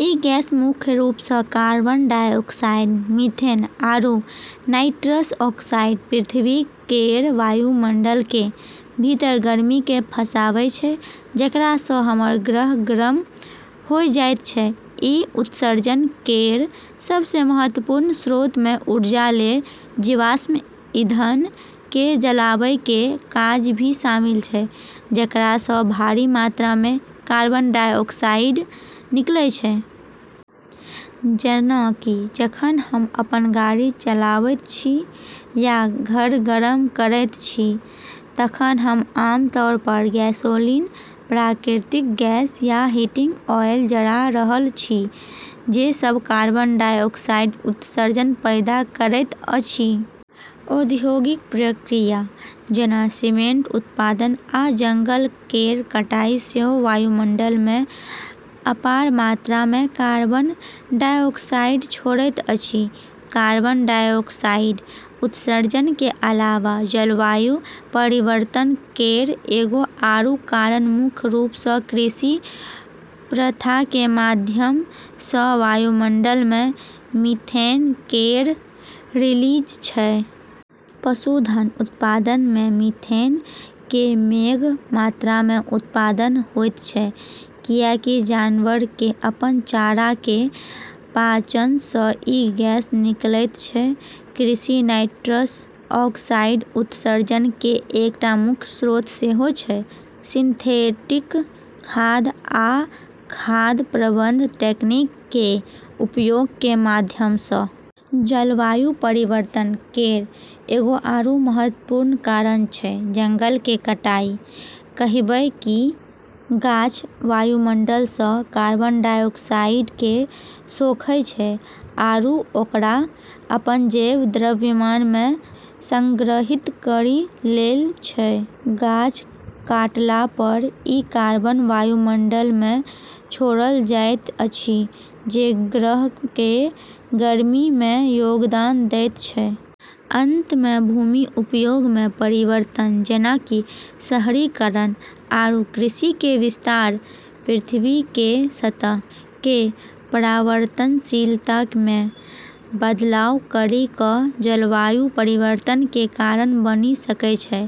ई gas, मुख्य रूप सँ कार्बन डाइऑक्साइड, मीथेन आरू नाइट्रस ऑक्साइड, पृथ्वी केर वायुमंडल के भीतर गर्मी केँ फँसाबै छै, जेकरा सँ हमर ग्रह गरम होय जाइत छै। ई उत्सर्जन केर सबसें महत्वपूर्ण स्रोत मे ऊर्जा लेल जीवाश्म ईंधन केँ जलाबै के काज भी शामिल छै, जेकरा सँ भारी मात्रा मे कार्बन डाइऑक्साइड निकलै छै। जेना कि जखन हम अपन गाड़ी चलाबैत छी या घर गरम करैत छी तखन हम आमतौर पर गैसोलीन, प्राकृतिक गैस या हीटिंग ऑयल जरा रहल छी, जे सब कार्बन डाइऑक्साइड उत्सर्जन पैदा करैत अछि। औद्योगिक प्रक्रिया जेना सीमेंट उत्पादन आ जंगल केर कटाई सेहो वायुमंडल मे अपार मात्रा मे कार्बन डाइऑक्साइड छोड़ैत अछि। कार्बन डाइऑक्साइड उत्सर्जन के अलावा जलवायु परिवर्तन केर एगो आरू कारण मुख्य रूप सँ कृषि प्रथा के माध्यम सँ वायुमंडल मे मीथेन केर रिलीज छै। पशुधन उत्पादन मे मीथेन के पैघ मात्रा मे उत्पादन होइत छै, कियाकि जानवर के अपन चारा के पाचन सँ ई गैस निकलैत छै। कृषि नाइट्रस ऑक्साइड उत्सर्जन के एकटा प्रमुख स्रोत सेहो छै, सिंथेटिक खाद आ खाद प्रबंधन तकनीक के उपयोग के माध्यम सँ। जलवायु परिवर्तन केर एगो आरू महत्वपूर्ण कारण छै जंगल के कटाई, कहिबे कि गाछ वायुमंडल सँ कार्बन डाइऑक्साइड केँ सोखै छै आरू ओकरा अपन जैव द्रव्यमान मे संग्रहित करी लै छै। गाछ काटला पर ई कार्बन वायुमंडल मे छोड़ल जाइत अछि, जे ग्रह के गर्मी मे योगदान दैत छै। अंत मे, भूमि उपयोग मे परिवर्तन, जेना कि शहरीकरण आरू कृषि के विस्तार, पृथ्वी के सतह के परावर्तनशीलता मे बदलाव करी कऽ जलवायु परिवर्तन के कारण बनी सकै छै।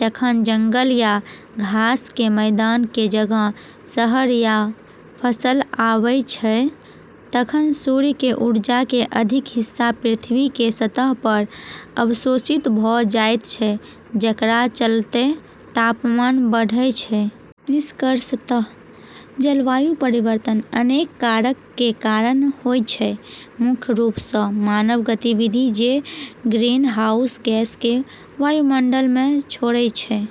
जखन जंगल या घास के मैदान के जगह शहर या फसल आबै छै तखन सूर्य के ऊर्जा के अधिक हिस्सा पृथ्वी के सतह पर अवशोषित भऽ जाइत छै, जेकरा चलते तापमान बढ़ै छै। निष्कर्षतः जलवायु परिवर्तन अनेक कारक के कारण होय छै, मुख्य रूप सँ मानव गतिविधि जे ग्रीनहाउस गैस केँ वायुमंडल मे छोड़ै छै।